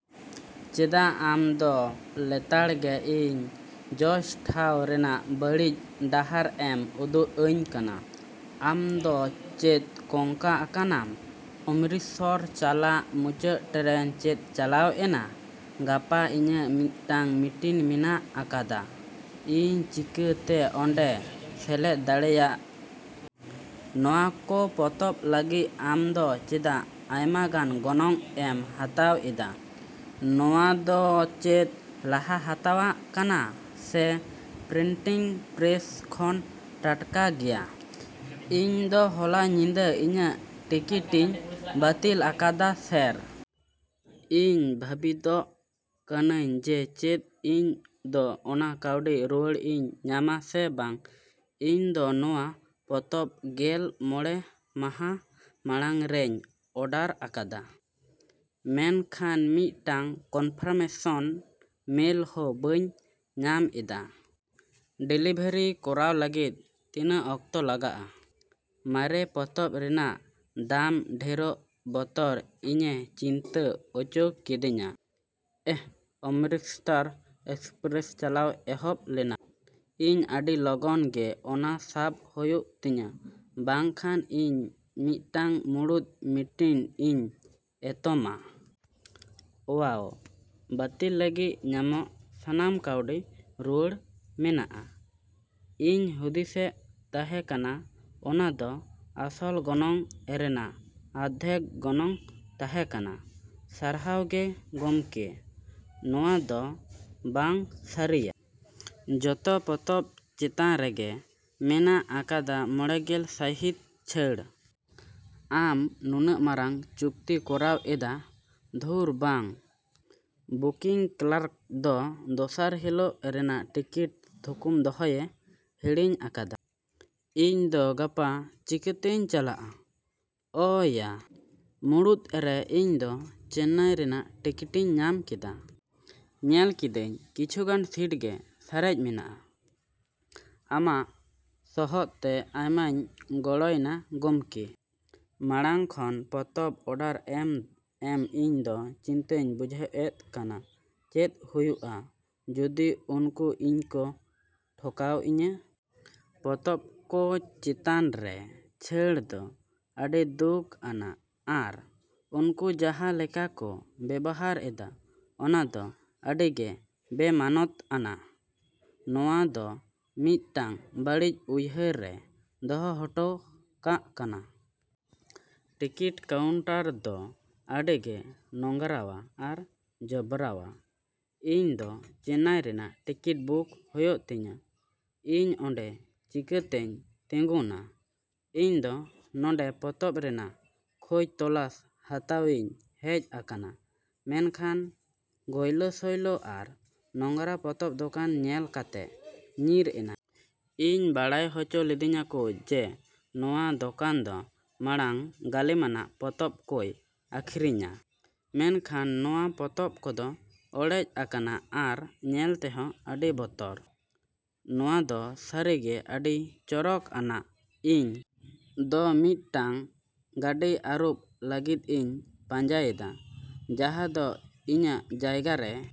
ᱪᱮᱫᱟᱜ ᱟᱢ ᱫᱚ ᱞᱮᱛᱟᱲ ᱜᱮ ᱤᱧ ᱡᱚᱥ ᱴᱷᱟᱶ ᱨᱮᱭᱟᱜ ᱵᱟᱹᱲᱤᱡ ᱰᱟᱦᱟᱨᱮᱢ ᱩᱫᱩᱜ ᱟᱹᱧ ᱠᱟᱱᱟ? ᱟᱢ ᱫᱚ ᱪᱮᱫ ᱠᱚᱝᱠᱟ ᱟᱠᱟᱱᱟᱢ? ᱚᱢᱨᱤᱛᱥᱚᱨ ᱪᱟᱞᱟᱜ ᱢᱩᱪᱟᱹᱫ ᱴᱨᱮᱱ ᱪᱮᱫ ᱪᱟᱞᱟᱣ ᱮᱱᱟ? ᱜᱟᱯᱟ ᱤᱧᱟᱜ ᱢᱤᱫᱴᱟᱝ ᱢᱤᱴᱤᱝ ᱢᱮᱱᱟᱜ ᱟᱠᱟᱫᱟ, ᱤᱧ ᱪᱤᱠᱟᱹᱛᱮ ᱚᱱᱟᱨᱮᱧ ᱥᱮᱞᱮᱫ ᱫᱟᱲᱮᱭᱟᱜ? ᱱᱚᱶᱟ ᱠᱚ ᱯᱚᱛᱚᱵ ᱞᱟᱹᱜᱤᱫ ᱟᱢ ᱫᱚ ᱪᱮᱫᱟᱜ ᱟᱭᱢᱟᱜᱟᱱ ᱜᱚᱱᱚᱝ ᱮᱢ ᱦᱟᱛᱟᱣ ᱮᱫᱟ? ᱱᱚᱶᱟ ᱫᱚ ᱪᱮᱫ ᱞᱟᱦᱟ ᱦᱟᱛᱟᱣᱟᱜ ᱠᱟᱱᱟ ᱥᱮ ᱯᱨᱤᱱᱴᱤᱝ ᱯᱨᱮᱥ ᱠᱷᱚᱱ ᱴᱟᱴᱠᱟ ᱜᱮᱭᱟ? ᱤᱧ ᱫᱚ ᱦᱚᱞᱟ ᱧᱤᱫᱟᱹ ᱤᱧᱟᱜ ᱴᱤᱠᱤᱴᱤᱧ ᱵᱟᱹᱛᱤᱞ ᱟᱠᱟᱫᱟ ᱥᱮᱹᱨ ᱾ ᱤᱧ ᱵᱷᱟᱹᱵᱤᱛᱚᱜ ᱠᱟᱱᱟ ᱡᱮ ᱪᱮᱫ ᱤᱧ ᱫᱚ ᱚᱱᱟ ᱠᱟᱹᱣᱰᱤ ᱨᱩᱣᱟᱹᱲᱤᱧ ᱧᱟᱢᱟ ᱥᱮ ᱵᱟᱝ ᱾ ᱤᱧ ᱫᱚ ᱱᱚᱶᱟ ᱯᱚᱛᱚᱵ ᱜᱮᱞ ᱢᱚᱬᱮ ᱢᱟᱦᱟ ᱢᱟᱲᱟᱝ ᱨᱮᱧ ᱚᱰᱟᱨ ᱟᱠᱟᱫᱟ, ᱢᱮᱱᱠᱷᱟᱱ ᱢᱤᱫᱴᱟᱝ ᱠᱚᱱᱯᱷᱟᱨᱢᱮᱥᱚᱱ ᱢᱮᱞ ᱦᱚᱸ ᱵᱟᱹᱧ ᱧᱟᱢ ᱮᱫᱟ ᱾ ᱰᱮᱞᱤᱵᱷᱟᱨ ᱠᱚᱨᱟᱣ ᱞᱟᱹᱜᱤᱫ ᱛᱤᱱᱟᱹᱜ ᱚᱠᱛᱚ ᱞᱟᱜᱟᱜᱼᱟ? ᱢᱟᱨᱮᱱ ᱯᱚᱛᱚᱵ ᱨᱮᱭᱟᱜ ᱫᱟᱢ ᱰᱷᱮᱨᱚᱜ ᱵᱚᱛᱚᱨ ᱤᱧᱮ ᱪᱤᱱᱛᱟᱹ ᱚᱪᱚ ᱠᱮᱫᱮᱧᱟ ᱾ ᱮᱦ! ᱚᱢᱨᱤᱥᱛᱟᱨ ᱮᱠᱥᱯᱨᱮᱥ ᱪᱟᱞᱟᱣ ᱮᱦᱚᱵ ᱞᱮᱱᱟ ᱾ ᱤᱧ ᱟᱹᱰᱤ ᱞᱚᱜᱚᱱ ᱜᱮ ᱚᱱᱟ ᱥᱟᱵ ᱦᱩᱭᱩᱜ ᱛᱤᱧᱟᱹ ᱵᱟᱝ ᱠᱷᱟᱱ ᱤᱧ ᱢᱤᱫᱴᱟᱝ ᱢᱩᱬᱩᱫ ᱢᱤᱴᱤᱝ ᱤᱧ ᱮᱛᱚᱢᱟ ᱾ ᱳᱣᱟᱣ! ᱵᱟᱹᱛᱤᱞ ᱞᱟᱹᱜᱤᱫ ᱧᱟᱢᱚᱜ ᱥᱟᱱᱟᱢ ᱠᱟᱹᱣᱰᱤ ᱨᱩᱣᱟᱹᱲ ᱢᱮᱱᱟᱜᱼᱟ, ᱤᱧ ᱦᱩᱫᱤᱥᱮᱫ ᱛᱟᱦᱮ ᱠᱟᱱᱟ ᱚᱱᱟ ᱫᱚ ᱟᱥᱚᱞ ᱜᱚᱱᱚᱝ ᱨᱮᱭᱟᱜ ᱟᱫᱷᱟ ᱜᱚᱱᱚᱝ ᱛᱟᱦᱮᱸ ᱠᱟᱱᱟ, ᱥᱟᱨᱦᱟᱣ ᱜᱮ ᱜᱚᱢᱠᱮ ᱾ ᱱᱚᱣᱟ ᱫᱚ ᱵᱟᱝ ᱥᱟᱹᱨᱤᱭᱟ! ᱡᱚᱛᱚ ᱯᱚᱛᱚᱵ ᱪᱮᱛᱟᱱ ᱨᱮᱜᱮ ᱢᱮᱱᱟᱜ ᱟᱠᱟᱫᱟ ᱢᱚᱸᱬᱮ ᱜᱮᱞ ᱥᱟᱭᱦᱤᱸᱥ ᱪᱷᱟᱹᱲ ᱾ ᱟᱢ ᱱᱩᱱᱟᱹᱜ ᱢᱟᱨᱟᱝ ᱪᱩᱠᱛᱤᱢ ᱠᱚᱨᱟᱣᱮᱫᱟ ᱾ ᱫᱷᱩᱨ ᱵᱟᱝ! ᱵᱩᱠᱤᱝ ᱠᱞᱟᱨᱠ ᱫᱚ ᱫᱚᱥᱟᱨ ᱦᱤᱞᱳᱜ ᱨᱮᱭᱟᱜ ᱴᱤᱠᱤᱴ ᱛᱷᱩᱠᱩᱢ ᱫᱚᱦᱚᱭᱮ ᱦᱤᱲᱤᱧ ᱟᱠᱟᱫᱟ ᱾ ᱤᱧ ᱫᱚ ᱜᱟᱯᱟ ᱪᱤᱠᱟᱹᱛᱤᱧ ᱪᱟᱞᱟᱜᱼᱟ? ᱚ ᱭᱟ! ᱢᱩᱪᱟᱹᱫ ᱨᱮ ᱤᱧ ᱫᱚ ᱪᱮᱱᱱᱟᱭ ᱨᱮᱭᱟᱜ ᱴᱤᱠᱤᱴᱤᱧ ᱧᱟᱢ ᱠᱮᱫᱟ ᱾ ᱧᱮᱞ ᱠᱤᱫᱟᱹᱧ ᱠᱤᱪᱷᱩᱜᱟᱱ ᱥᱤᱴ ᱜᱮ ᱥᱟᱨᱮᱡ ᱢᱮᱱᱟᱜᱼᱟ ᱾ ᱟᱢᱟᱜ ᱥᱚᱦᱚᱫᱛᱮ ᱟᱭᱢᱟᱧ ᱜᱚᱲᱚᱭᱮᱱᱟ ᱜᱚᱢᱠᱮ ᱾ ᱢᱟᱲᱟᱝ ᱠᱷᱚᱱ ᱯᱚᱛᱚᱵ ᱚᱰᱟᱨ ᱮᱢ ᱤᱧ ᱫᱚ ᱪᱤᱱᱛᱟᱹᱧ ᱵᱩᱡᱷᱟᱹᱣ ᱮᱫ ᱠᱟᱱᱟ, ᱪᱮᱫ ᱦᱩᱭᱩᱜᱼᱟ ᱡᱩᱫᱤ ᱩᱱᱠᱩ ᱤᱧ ᱠᱚ ᱴᱷᱚᱠᱟᱣ ᱤᱧᱟ? ᱯᱚᱛᱚᱵ ᱠᱚ ᱪᱮᱛᱟᱱ ᱨᱮ ᱪᱷᱟᱹᱲ ᱫᱚ ᱟᱹᱰᱤ ᱫᱩᱠ ᱟᱱᱟᱜ ᱟᱨ ᱩᱱᱠᱩ ᱡᱟᱦᱟᱸ ᱞᱮᱠᱟ ᱠᱚ ᱵᱮᱣᱦᱟᱨ ᱮᱫᱟ ᱚᱱᱟ ᱫᱚ ᱟᱹᱰᱤ ᱜᱮ ᱵᱮᱼᱢᱟᱱᱚᱛ ᱟᱱᱟᱜ ᱾ ᱱᱚᱶᱟ ᱫᱚ ᱢᱤᱫᱴᱟᱝ ᱵᱟᱹᱲᱤᱡ ᱩᱭᱦᱟᱹᱨᱮ ᱫᱚᱦᱚ ᱦᱚᱴᱚ ᱠᱟᱜ ᱠᱟᱱᱟ ᱾ ᱴᱤᱠᱤᱴ ᱠᱟᱣᱩᱱᱴᱟᱨ ᱫᱚ ᱟᱹᱰᱤᱜᱮ ᱱᱳᱝᱨᱟᱣᱟ ᱟᱨ ᱡᱚᱵᱽᱨᱟᱣᱟ ᱾ ᱤᱧ ᱫᱚ ᱪᱮᱱᱱᱟᱭ ᱨᱮᱭᱟᱜ ᱴᱤᱠᱤᱴ ᱵᱩᱠ ᱦᱩᱭᱩᱜ ᱛᱤᱧᱟ, ᱤᱧ ᱚᱰᱮᱸ ᱪᱤᱠᱟᱹᱛᱤᱧ ᱛᱤᱸᱜᱩᱱᱟ? ᱤᱧ ᱫᱚ ᱱᱚᱰᱮᱸ ᱯᱚᱛᱚᱵ ᱨᱮᱭᱟᱜ ᱠᱷᱚᱡ ᱛᱚᱞᱟᱥ ᱦᱟᱛᱟᱣᱤᱧ ᱦᱮᱡ ᱟᱠᱟᱱᱟ ᱢᱮᱱᱠᱷᱟᱱ ᱜᱟᱭᱞᱳ ᱥᱟᱭᱞᱳ ᱟᱨ ᱱᱳᱝᱨᱟ ᱯᱚᱛᱚᱵ ᱫᱚᱠᱟᱱ ᱧᱮᱞ ᱠᱟᱛᱮᱧ ᱧᱤᱨ ᱮᱱᱟ ᱾ ᱤᱧ ᱵᱟᱲᱟᱭ ᱦᱚᱪᱚ ᱞᱤᱫᱤᱧᱟᱠᱚ ᱡᱮ ᱱᱚᱣᱟ ᱫᱚᱠᱟᱱ ᱫᱚ ᱢᱟᱲᱟᱝ ᱜᱟᱹᱞᱤᱢᱟᱱᱟᱜ ᱯᱚᱛᱚᱵ ᱠᱚᱭ ᱟᱹᱠᱷᱨᱤᱧᱼᱟ, ᱢᱮᱱᱠᱷᱟᱱ ᱱᱚᱣᱟ ᱯᱚᱛᱚᱵ ᱠᱚᱫᱚ ᱚᱲᱮᱡ ᱟᱠᱟᱱᱟ ᱟᱨ ᱧᱮᱞ ᱛᱮᱦᱚ ᱟᱹᱰᱤ ᱵᱚᱛᱚᱨ ᱾ ᱱᱚᱶᱟ ᱫᱚ ᱥᱟᱹᱨᱤᱜᱮ ᱟᱹᱰᱤ ᱪᱚᱨᱚᱠ ᱟᱱᱟᱜ ᱾ ᱤᱧ ᱫᱚ ᱢᱤᱫᱴᱟᱝ ᱜᱟᱹᱰᱤ ᱟᱹᱨᱩᱵ ᱞᱟᱹᱜᱤᱫ ᱤᱧ ᱯᱟᱸᱡᱟᱭᱮᱫᱟ ᱡᱟᱦᱟ ᱫᱚ ᱤᱧᱟᱜ ᱡᱟᱭᱜᱟ ᱨᱮᱼᱼ